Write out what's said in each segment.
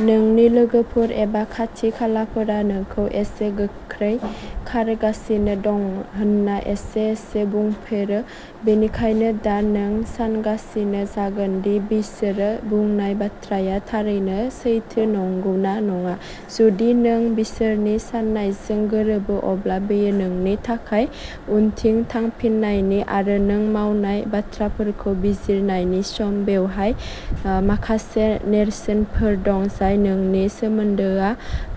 नोंनि लोगोफोर एबा खाथि खालाफोरा नोंखौ एसे गोख्रै खारगासिनो दं होन्ना एसे एसे बुंफोरो बेनिखायनो दा नों सानगासिनो जागोन दि बिसोर बुंनाय बाथ्राया थारैनो सैथो नंगौना नङा जुदि नों बिसोरनि साननायजों गोरोबो अब्ला बेयो नोंनि थाखाय उनथिं थांफिननायनि आरो नों मावनाय बाथ्राफोरखौ बिजिरनायनि सम बेवहाय माखासे नेरसोनफोर दं जाय नोंनि सोमोन्दोआ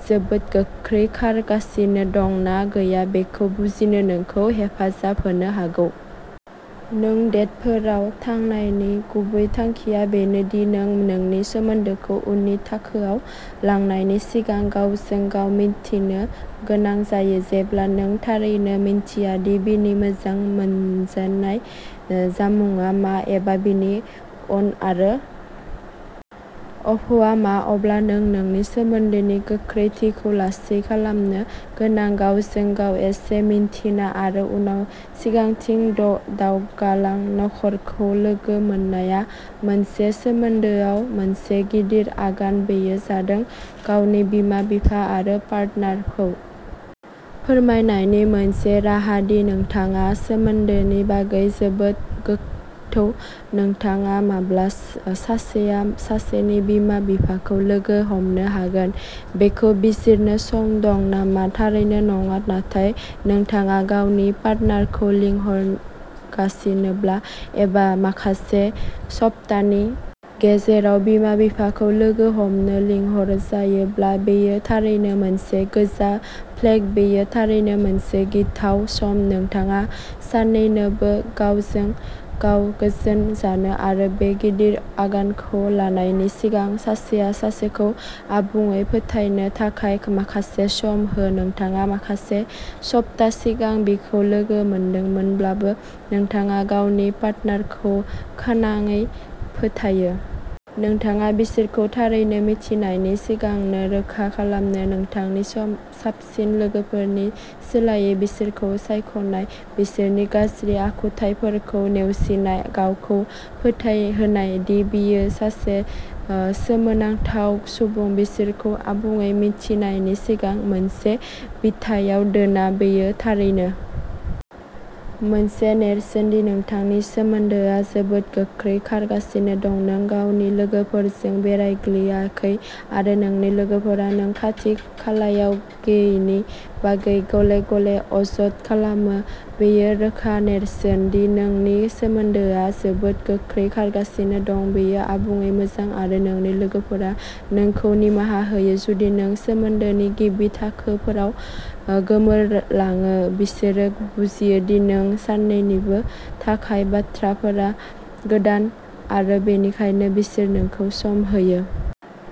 जोबोद गोख्रै खारगासिनो दं ना गैया बेखौ बुजिनो नोंखौ हेफाजाब होनो हागौ। नों डेटफोराव थांनायनि गुबै थांखिया बेनो दि नों नोंनि सोमोन्दोखौ उननि थाखोआव लांनायनि सिगां गावजों गाव मिन्थिनो गोनां जायो जेब्ला नों थारैनो मिन्थिया दि बिनि मोजां मोनजानाय जामुंआ मा एबा बिनि अन आरो अफआ मा अब्ला नों नोंनि सोमोन्दोनि गोख्रैथिखौ लासै खालामनो गोनां गावजों गाव एसे मिन्थिना आरो उनाव सिगांथिं दावगालां नखरखौ लोगो मोननाया मोनसे सोमोन्दोआव मोनसे गिदिर आगान बेयो जादों गावनि बिमा बिफा आरो पार्टनारखौ फोरमायनायनि मोनसे राहा दि नोंथाङा सोमोन्दोनि बागै जोबोद गोथौ नोंथाङा माब्ला सासेया सासेनि बिमा बिफाखौ लोगो हमनो हागोन बेखौ बिजिरनो सम दं नामा थारैनो नङा नाथाय नोंथाङा गावनि पार्टनारखौ लिंहरगासिनोब्ला एबा माखासे सप्तानि गेजेराव बिमा बिफाखौ लोगो हमनो लिंहरजायोब्ला बेयो थारैनो मोनसे गोजा प्लेग बेयो थारैनो मोनसे गिथाव सम नोंथाङा सानैनोबो गावजों गाव गोजोन जानो आरो बे गिदिर आगानखौ लानायनि सिगां सासेया सासेखौ आबुङै फोथायनो थाखाय माखासे सम हो नोंथाङा माखासे सप्ता सिगां बिखौ लोगो मोनदोंमोनब्लाबो नोंथाङा गावनि पार्टनारखौ खानाङै फोथायो। नोंथाङा बिसोरखौ थारैनो मिथिनायनि सिगांनो रोखा खालामो नोंथांनि साबसिन लोगोफोरनि सोलायै बिसोरखौ सायख'नाय बिसोरनि गाज्रि आखुथाइफोरखौ नेवसिनाय गावखौ फोथायहोनाय दि बियो सासे सोमोनांथाव सुबुं बिसोरखौ आबुङै मिथिनायनि सिगां मोनसे बिथायाव दोना बेयो थारैनो मोनसे नेरसोन दि नोंथांनि सोमोन्दोआ जोबोद गोख्रै खारगासिनो दं नों गावनि लोगोफोरजों बेरायग्लियाखै आरो नोंनि लोगोफोरा नों खाथि खालायाव गैयैनि बागै गले गले अजद खालामो बेयो रोखा नेरसोन दि नोंनि सोमोन्दोआ जोबोद गोख्रै खारगासिनो दं बेयो आबुङै मोजां आरो नोंनि लोगोफोरा नोंखौ निमाहा होयो जुदि नों सोमोन्दोनि गिबि थाखोफोराव गोमोरलाङो बिसोरो बुजियो दि नों सानैनिबो थाखाय बाथ्राफोरा गोदान आरो बेनिखायनो बिसोर नोंखौ सम होयो।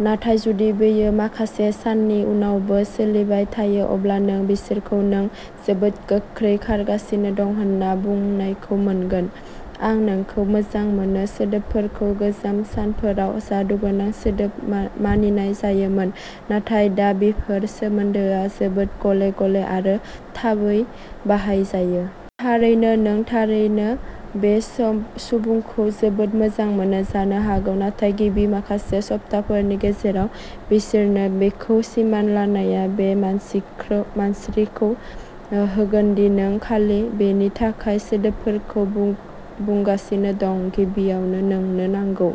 नाथाय जुदि बेयो माखासे साननि उनावबो सोलिबाय थायो अब्ला नों बिसोरखौ नों जोबोद गोख्रै खारगासिनो दं होनना बुंनायखौ मोनगोन। आं नोंखौ मोजां मोनो'सोदोबफोरखौ गोजाम सानफोराव जादुगोनां सोदोब मानिनाय जायोमोन नाथाय दा बेफोर सोमोन्दोआव जोबोद गले गले आरो थाबै बाहायजायो। थारैनो नों थारैनो बे सुबुंखौ जोबोद मोजां मोनो जानो हागौ नाथाय गिबि माखासे सप्ताफोरनि गेजेराव बिसोरनो बेखौ सिमान लानाया बे सानस्रिखौ होगोन दि नों खालि बेनि थाखाय सोदोबफोरखौ बुंगासिनो दं गिबियाव नोंनो नांगौ।